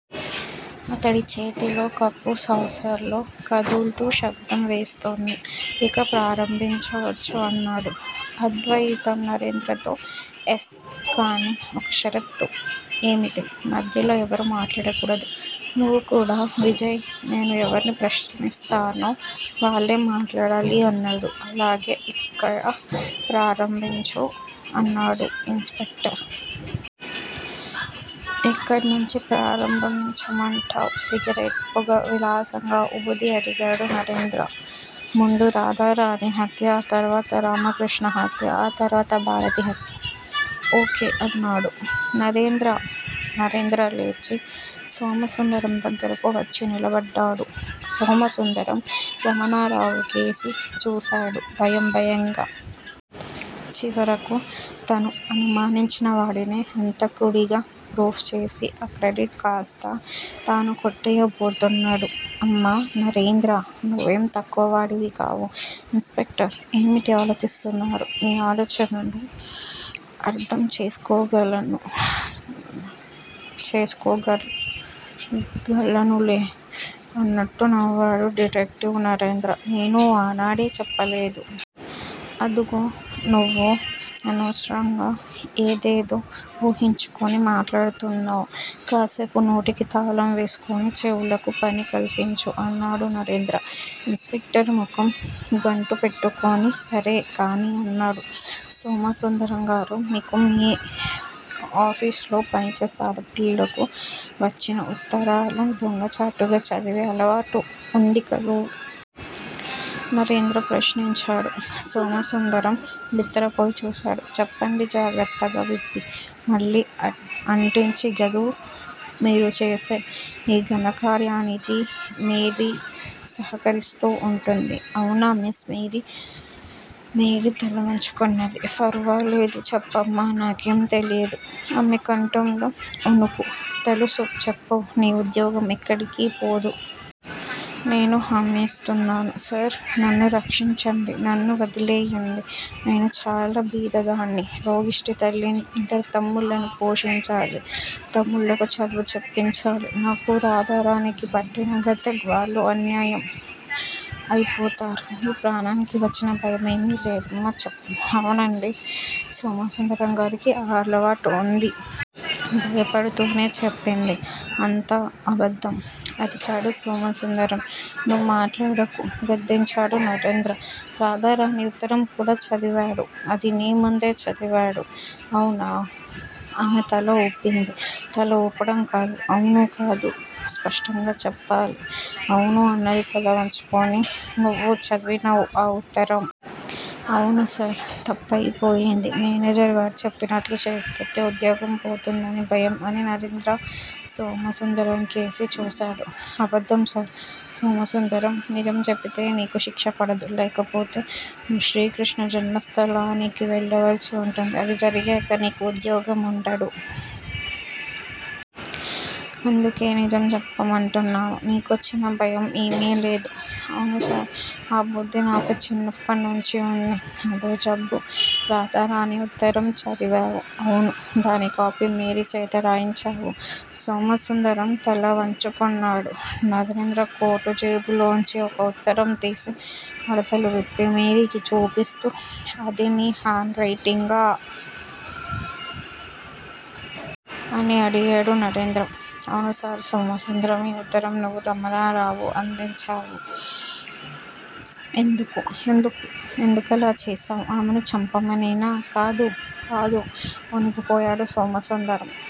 అతడి చేతిలో cup saucer లో కదుల్తూ శబ్దం వేస్తోంది. ఇక ప్రారంభించవచ్చు అన్నాడు అద్వయితం నరేంద్రతో. ఎస్. కాని ఒక్క షరతు ఏమిటి? మధ్యలో ఎవరూ మాట్లాడకూడదు. నువ్వుకూడా విజయ్ నేను ఎవర్ని ప్రశ్నిస్తానో వాళ్ళే మాట్లాడాలి అన్నాడు. అలాగే ఇక ప్రారంభించు అన్నాడు ఇన్స్ స్పెక్టర్. ఎక్కడ్నుంచి ప్రారంభించమంటావ్? సిగరెట్ పొగ విలాసంగా ఊది అడిగాడు నరేంద్ర. ముందు రాధారాణి హత్యా, ఆ తర్వాత రామకృష్ణ హత్యా ఆ తర్వాత భారతి హత్యా ఓ. కె. అన్నాడు నరేంద్ర. నరేంద్ర లేచి సోమసుందరం దగ్గరకు వచ్చి నిలబడ్డాడు. సోమసుందరం రమణారావు కేసి చూశాడు భయం భయంగా. చివరకు తను అనుమానించిన వాడినే హంతకుడిగా ప్రూవ్ చేసి ఆ క్రెడిట్ కాస్తా తను కొట్టెయ్యబోతున్నాడు. అమ్మ నరేంద్రా! నువ్వేం తక్కువ వాడివికావు. ఇన్స్ స్పెక్టర్ ఏమిటి ఆలోచిస్తున్నారు, నీ ఆలోచనలు న్నెఉ అర్థం చేసుకోగలనులే అన్నట్టు నవ్వాడు డిటెక్టివ్ నరేంద్ర. నేను ఆనాడే చెప్పలేదూ? అదుగో! నువ్వు అనవసరంగా ఏదేదో ఊహించుకొని మాట్లాడుతున్నావ్. కాసేపు నోటికి తాళం వేసుకొని చెవులకు పని కల్పించు అన్నాడు నరేంద్ర. ఇన్స్ స్పెక్టర్ ముఖం గంటుపెట్టుకొని సరే, కానియ్! అన్నాడు సోమసుందరంగారూ? మీకు మే ఆఫీసులో పనిచేసే ఆడపిల్లలకు వచ్చిన ఉత్తరాలు దొంగచాటుగా చదివే అలవాటు ఉందికదూ? నరేంద్ర ప్రశ్నించాడు. సోమసుందరం బిత్తరపోయి చూశాడు. చెప్పండి జాగ్రత్తగా విప్పి, మళ్లీ అంటించి గదూ? మీరు చేసే ఈ ఘనకార్యానిజి మేరీ సహకరిస్తూ ఉంటుంది. ఆవునా మిస్ మేరీ? మేరీ తలవంచుకొన్నదీ. ఫర్వాలేదు చెప్పమ్మా నాకేం తెలియదు. ఆమె కంఠంలో ఒణుకు. తెలుసు, చెప్పు. నీ ఉద్యోగం ఎక్కడికీపోదు. నేను హామీ ఇస్తున్నాను. సార్ నన్ను రక్షించండి. నన్ను వదిలెయ్యండి. నేను చాలా బీదదాన్ని. రోగిష్టి తల్లినీ, ఇద్దరు తమ్ముళ్ళనూ పోషించాలి. తమ్ముళ్లకు చదువులు చెప్పించాలి. నాకూ రాధారాణికి పట్టిన గతే వాళ్ళు అన్యాయం అయిపోతారు. నీ ప్రాణానికి వచ్చిన భయం ఏమీ లేదమ్మా చెప్పు, అవునండీ సోమసుందరంగారికీ ఆ అలవాటు ఉంది. భయపడుతూనే చెప్పింది. అంతా అబద్దం! అరిచాడు సోమసుందరం. నువ్వు మాట్లాడకు. గద్దించాడు నరేంద్ర. రాధారాణి ఉత్తరం కూడా చదివాడు అది నీ ముందే చదివాడు. అవునా? ఆమె తల ఊపింది. తల ఊపడం కాదు. అవును. కాదు. స్పష్టంగా చెప్పాలి. అవును అన్నది తలవంచుకొని. నువ్వూ చదివావు ఆ ఉత్తరం. అవును సార్, తప్పయి పోయింది. మేనేజర్ గారు చెప్పినట్లు చెయ్యకపోతే ఉద్యోగం పోతుందని భయం. అని నరేంద్ర సోమసుందరంకేసి చూశాడు. అబద్దం సార్! సోమసుందరం! నిజం చెబితే నీకు శిక్షపడదు. లేకపోతే నువ్వూ శ్రీకృష్ణ జన్మస్థలానికి వెళ్ళవలసి ఉంటుంది. అది జరిగాక నీకు ఉద్యోగం ఉండడు. అందుకే నిజం చెప్పమంటున్నాను. నీకొచ్చిన భయం ఏమీలేదు. అవును సార్. ఆ బుద్ది నాకు చిన్నప్పట్నుంచీ ఉంది. అదో జబ్బు. రాధారాణి ఉత్తరం చదివావు. అవును! దాని కాపీ మేరీ చేత రాయించావు. సోమసుందరం తలవంచుకొన్నాడు. నరేంద్ర కోటు జేబులోనుంచి ఒక ఉత్తరం తీసి మడతలు విప్పి మేరీకి చూపిస్తూ అదీ నీ హండ్ రైటింగేగా? అని అడిగాడు నరేంద్ర. అవును సార్. సోమసుందరం ఈ ఉత్తరం నువ్వు రమణరావు అందించావు. ఎందుకు? ఎందుకలా చేశావ్? ఆమెను చంపమనేనా? కాదు, కాదు. ఒణికి పోయాడు సోమసుందరం.